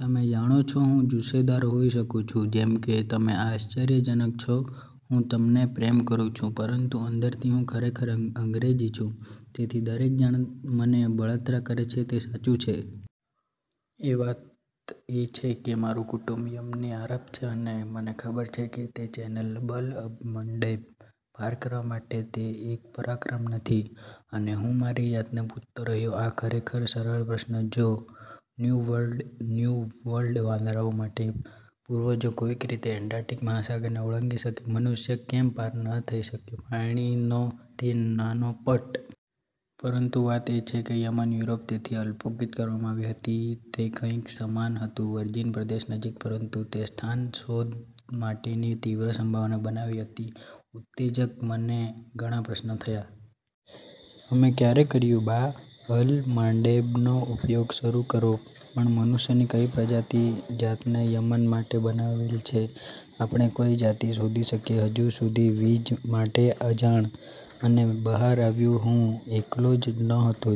તમે જાણો છો હું જુસ્સાદાર હોઈ શકું છું. જેમ કે, "તમે આશ્ચર્યજનક છો. હું તમને પ્રેમ કરું છું." પરંતુ અંદરથી હું ખરેખર અંગ્રેજી છું. તેથી દરેક જણ મને બળતરા કરે છે તે સાચું છે. અને વાત એ છે કે મારું કુટુંબ યમનથી આરબ છે અને મને ખબર છે કે તે ચેનલ બબ-અલ-મંડેબ પાર કરવા માટે તે એક પરાક્રમ નથી. અને હું મારી જાતને પૂછતો રહ્યો આ ખરેખર સરળ પ્રશ્ન, "જો ન્યૂ વર્લ્ડ વાંદરાઓ માટે પૂર્વજો કોઈક રીતે એટલાન્ટિક મહાસાગરને ઓળંગી શકે, મનુષ્ય કેમ પાર ન થઈ શક્યો પાણીનો તે નાનો પટ?" પરંતુ વાત એ છે કે યમન, યુરોપ તેથી અલ્પોક્તિ કરવામાં આવી હતી કે તે કંઈક સમાન હતું વર્જિન પ્રદેશ નજીક. પરંતુ તે તેના સ્થાન સાથે શોધ માટેની તીવ્ર સંભાવના બનાવી અતિ ઉતેજક અને મને ઘણા પ્રશ્નો થયા. અમે ક્યારે કર્યું? બાબ-અલ-માંડેબનો ઉપયોગ શરૂ કરો? પણ, મનુષ્યની કઈ પ્રજાતિ જાતને યમન માટે બનાવેલ છે? આપણે કોઈ જાતિ શોધી શકીએ હજુ સુધી વિજ્ માટે અજાણ? અને બહાર આવ્યું. હું એકલો જ નહોતો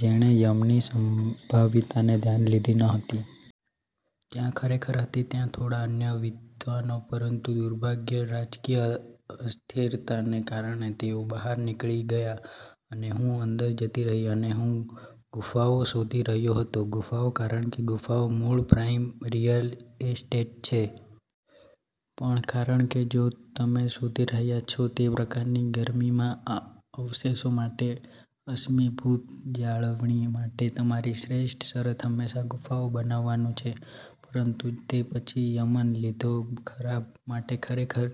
જેણે યમનની સંભવિતને ધ્યાનમાં લીધી હતી. ત્યાં ખરેખર હતી ત્યાં થોડા અન્ય વિદ્વાનો. પરંતુ દુર્ભાગ્યે, રાજકીય અસ્થિરતાને કારણે તેઓ બહાર નીકળી ગયા અને હું અંદર જતી રહી. અને હું ગુફાઓ શોધી રહ્યો હતો. ગુફાઓ કારણ કે ગુફાઓ મૂળ પ્રાઇમ રીઅલ એસ્ટેટ છે. પણ કારણ કે જો તમે શોધી રહ્યા છો તે પ્રકારની ગરમીમાં અવશેષો માટે, અશ્મિભૂત જાળવણી માટે તમારી શ્રેષ્ઠ શરત હંમેશા ગુફાઓ બનવાનું છે. પરંતુ તે પછી યમન લીધો ખરાબ માટે ખરેખર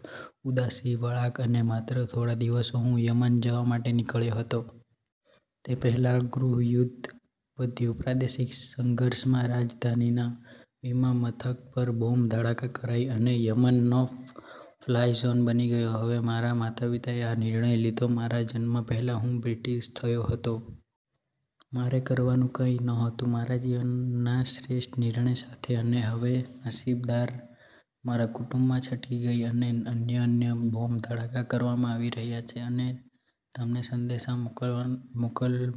ઉદાસી વળાંક અને માત્ર થોડા દિવસો હું યમન જવા માટે નીકળ્યો હતો. તે પહેલાં ગૃહ યુદ્ધ વધ્યું પ્રાદેશિક સંઘર્ષમાં, રાજધાનીના વિમાનમથક પર બોમ્બ ધડાકા કરાઈ અને યમન નો ફ્લાય ઝોન બની ગયો. હવે, મારા માતાપિતાએ આ નિર્ણય લીધો છે મારા જન્મ પહેલાં કે હું બ્રિટીશ થયો હતો. મારે કરવાનું કંઈ નહોતું મારા જીવનના શ્રેષ્ઠ નિર્ણય સાથે. અને હવે, નસીબદાર મારા કુટુંબમાં છટકી ગઈ છે અને અન્ય અન્ય બોમ્બ ધડાકા કરવામાં આવી રહ્યા છે અને તમને સંદેશા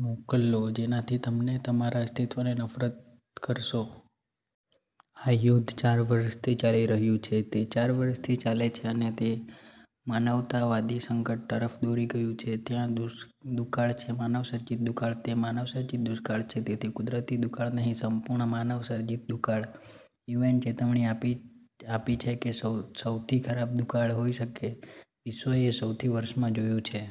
મોકલો જેનાથી તમે તમારા અસ્તિત્વને નફરત કરશો. આ યુદ્ધ ચાર વર્ષથી ચાલી રહ્યું છે. તે ચાર વર્ષથી ચાલે છે અને તે માનવતાવાદી સંકટ તરફ દોરી ગયું છે. ત્યાં દુકાળ છે, માનવસર્જિત દુકાળ. તે માનવસર્જિત દુષ્કાળ છે. તેથી કુદરતી દુકાળ નહીં, સંપૂર્ણ માનવસર્જિત દુકાળ યુએન ચેતવણી આપી છે કે સૌથી ખરાબ દુકાળ હોઈ શકે છે વિશ્વએ સો વર્ષમાં જોયું છે.